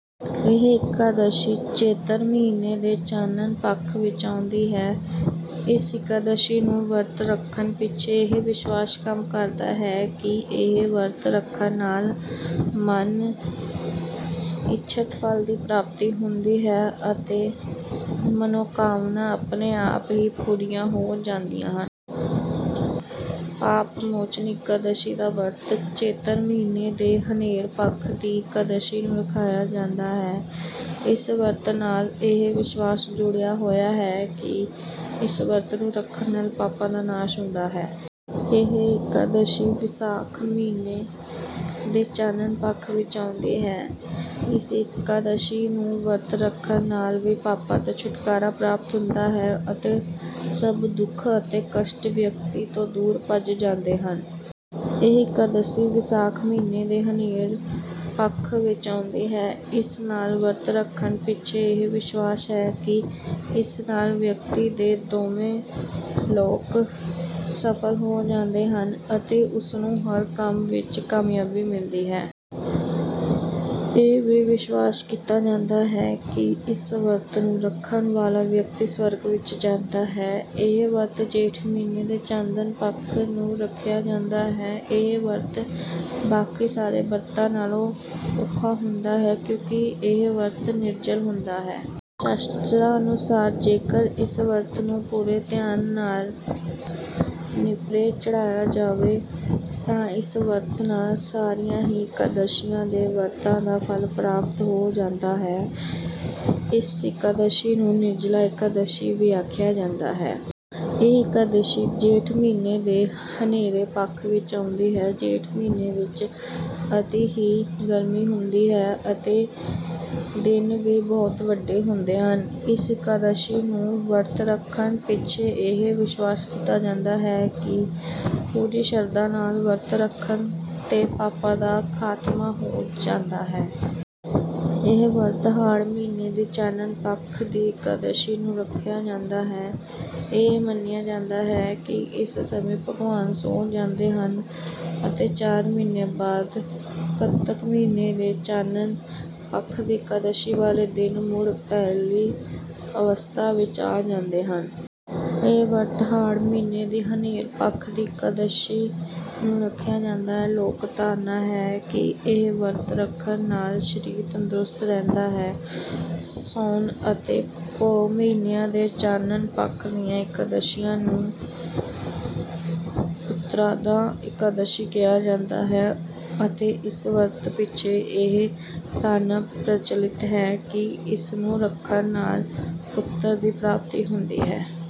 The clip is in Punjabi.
ਇਹ ਇਕਾਦਸ਼ੀ ਚੇਤਰ ਮਹੀਨੇ ਦੇ ਚਾਨਣ ਪੱਖ ਵਿੱਚ ਆਉਂਦੀ ਹੈ। ਇਸ ਇਕਾਦਸ਼ੀ ਨੂੰ ਵਰਤ ਰੱਖਣ ਪਿੱਛੇ ਇਹ ਵਿਸ਼ਵਾਸ ਕੰਮ ਕਰਦਾ ਹੈ ਕਿ ਇਹ ਵਰਤ ਰੱਖਣ ਨਾਲ ਮਨ-ਇੱਛਤ ਫਲ ਦੀ ਪ੍ਰਾਪਤੀ ਹੁੰਦੀ ਹੈ ਅਤੇ ਮਨੋਕਾਮਨਾਵਾਂ ਆਪਣੇ ਆਪ ਹੀ ਪੂਰੀਆਂ ਹੋ ਜਾਂਦੀਆਂ ਹਨ। ਪਾਪ ਮੋਚਨੀ ਇਕਾਦਸ਼ੀ ਦਾ ਵਰਤ ਚੇਤਰ ਮਹੀਨੇ ਦੇ ਹਨੇਰ ਪੱਖ ਦੀ ਇਕਾਦਸ਼ੀ ਨੂੰ ਰੱਖਿਆ ਜਾਂਦਾ ਹੈ। ਇਸ ਵਰਤ ਨਾਲ ਇਹ ਵਿਸ਼ਵਾਸ ਜੁੜਿਆ ਹੋਇਆ ਹੈ ਕਿ ਇਸ ਵਰਤ ਨੂੰ ਰੱਖਣ ਨਾਲ ਪਾਪਾਂ ਦਾ ਨਾਸ਼ ਹੁੰਦਾ ਹੈ। ਇਹ ਇਕਾਦਸ਼ੀ ਵਿਸਾਖ ਮਹੀਨੇ ਦੇ ਚਾਨਣ ਪੱਖ ਵਿੱਚ ਆਉਂਦੀ ਹੈ। ਇਸ ਇਕਾਦਸ਼ੀ ਨੂੰ ਵਰਤ ਰੱਖਣ ਨਾਲ ਵੀ ਪਾਪਾਂ ਤੋਂ ਛੁਟਕਾਰਾ ਪ੍ਰਾਪਤ ਹੁੰਦਾ ਹੈ ਅਤੇ ਸਭ ਦੁੱਖ ਅਤੇ ਕਸ਼ਟ ਵਿਅਕਤੀ ਤੋਂ ਦੂਰ ਭੱਜ ਜਾਂਦੇ ਹਨ। ਇਹ ਇਕਾਦਸ਼ੀ ਵਿਸਾਖ ਮਹੀਨੇ ਦੇ ਹਨੇਰ ਪੱਖ ਵਿੱਚ ਆਉਂਦੀ ਹੈ। ਇਸ ਦਿਨ ਵਰਤ ਰੱਖਣ ਪਿੱਛੇ ਇਹ ਵਿਸ਼ਵਾਸ ਹੈ ਕਿ ਇਸ ਨਾਲ ਵਿਅਕਤੀ ਦੇ ਦੋਵੇਂ ਲੋਕ ਸਫਲ ਹੋ ਜਾਂਦੇ ਹਨ ਅਤੇ ਉਸਨੂੰ ਹਰ ਕੰਮ ਵਿੱਚ ਕਾਮਯਾਬੀ ਮਿਲਦੀ ਹੈ। ਇਹ ਵੀ ਵਿਸ਼ਵਾਸ ਕੀਤਾ ਜਾਂਦਾ ਹੈ ਕਿ ਇਸ ਵਰਤ ਨੂੰ ਰੱਖਣ ਵਾਲਾ ਵਿਅਕਤੀ ਸਵਰਗ ਵਿੱਚ ਜਾਂਦਾ ਹੈ। ਇਹ ਵਰਤ ਜੇਠ ਮਹੀਨੇ ਦੇ ਚਾਨਣ ਪੱਖ ਨੂੰ ਰੱਖਿਆ ਜਾਂਦਾ ਹੈ। ਇਹ ਵਰਤ ਬਾਕੀ ਸਾਰੇ ਵਰਤਾਂ ਨਾਲੋਂ ਔਖਾ ਹੁੰਦਾ ਹੈ ਕਿਉਂਕਿ ਇਹ ਵਰਤ ਨਿਰਜਲ ਹੁੰਦਾ ਹੈ। ਸ਼ਾਸਤਰਾਂ ਅਨੁਸਾਰ ਜੇਕਰ ਇਸ ਵਰਤ ਨੂੰ ਪੂਰੇ ਧਿਆਨ ਨਾਲ ਨੇਪਰੇ ਚਾੜ੍ਹਿਆ ਜਾਵੇ ਤਾਂ ਇਸ ਵਰਤ ਨਾਲ ਸਾਰੀਆਂ ਹੀ ਇਕਾਦਸ਼ੀਆਂ ਦੇ ਵਰਤਾਂ ਦਾ ਫਲ ਪ੍ਰਾਪਤ ਹੋ ਜਾਂਦਾ ਹੈ। ਇਸ ਇਕਾਦਸ਼ੀ ਨੂੰ 'ਨਿਰਜਲਾ ਇਕਾਦਸ਼ੀ' ਵੀ ਆਖਿਆ ਜਾਂਦਾ ਹੈ। ਇਹ ਇਕਾਦਸ਼ੀ ਜੇਠ ਮਹੀਨੇ ਦੇ ਹਨੇਰੇ ਪੱਖ ਵਿੱਚ ਆਉਂਦੀ ਹੈ। ਜੇਠ ਮਹੀਨੇ ਵਿੱਚ ਅਤਿ ਦੀ ਗਰਮੀ ਹੁੰਦੀ ਹੈ ਅਤੇ ਦਿਨ ਵੀ ਬਹੁਤ ਵੱਡੇ ਹੁੰਦੇ ਹਨ। ਇਸ ਇਕਾਦਸ਼ੀ ਨੂੰ ਵਰਤ ਰੱਖਣ ਪਿੱਛੇ ਇਹ ਵਿਸ਼ਵਾਸ ਕੀਤਾ ਜਾਂਦਾ ਹੈ ਕਿ ਪੂਰੀ ਸ਼ਰਧਾ ਨਾਲ ਵਰਤ ਰੱਖਣ ਤੇ ਪਾਪਾਂ ਦਾ ਖਾਤਮਾ ਹੋ ਜਾਂਦਾ ਹੈ। ਇਹ ਵਰਤ ਹਾੜ ਮਹੀਨੇ ਦੀ ਚਾਨਣ ਪੱਖ ਦੀ ਇਕਾਦਸ਼ੀ ਨੂੰ ਰੱਖਿਆ ਜਾਂਦਾ ਹੈ। ਇਹ ਮੰਨਿਆ ਜਾਂਦਾ ਹੈ ਕਿ ਇਸ ਸਮੇਂ ਭਗਵਾਨ ਸੌ ਜਾਂਦੇ ਹਨ ਅਤੇ ਚਾਰ ਮਹੀਨੇ ਬਾਅਦ ਕੱਤਕ ਮਹੀਨੇ ਦੇ ਚਾਨਣ ਪੱਖ ਦੀ ਇਕਾਦਸ਼ੀ ਵਾਲੇ ਦਿਨ ਮੁੜ ਪਹਿਲੀ ਅਵਸਥਾ ਵਿੱਚ ਆ ਜਾਂਦੇ ਹਨ। ਇਹ ਵਰਤ ਹਾੜ ਮਹੀਨੇ ਦੀ ਹਨੇਰ ਪੱਖ ਦੀ ਇਕਾਦਸ਼ੀ ਨੂੰ ਰੱਖਿਆ ਜਾਂਦਾ ਹੈ। ਲੋਕ ਧਾਰਨਾ ਹੈ ਕਿ ਇਹ ਵਰਤ ਰੱਖਣ ਨਾਲ ਸਰੀਰ ਤੰਦਰੁਸਤ ਰਹਿੰਦਾ ਹੈ। ਸਾਉਣ ਅਤੇ ਪੋਹ ਮਹੀਨਿਆਂ ਦੇ ਚਾਨਣ ਪੱਖ ਦੀਆਂ ਇਕਾਦਸ਼ੀਆਂ ਨੂੰ ਪੁੱਤਰਦਾ ਇਕਾਦਸ਼ੀ ਕਿਹਾ ਜਾਂਦਾ ਹੈ ਅਤੇ ਇਸ ਵਰਤ ਪਿੱਛੇ ਇਹ ਧਾਰਨਾ ਪ੍ਰਚਲਿਤ ਹੈ ਕਿ ਇਸਨੂੰ ਰੱਖਣ ਨਾਲ ਪੁੱਤਰ ਦੀ ਪ੍ਰਾਪਤੀ ਹੁੰਦੀ ਹੈ।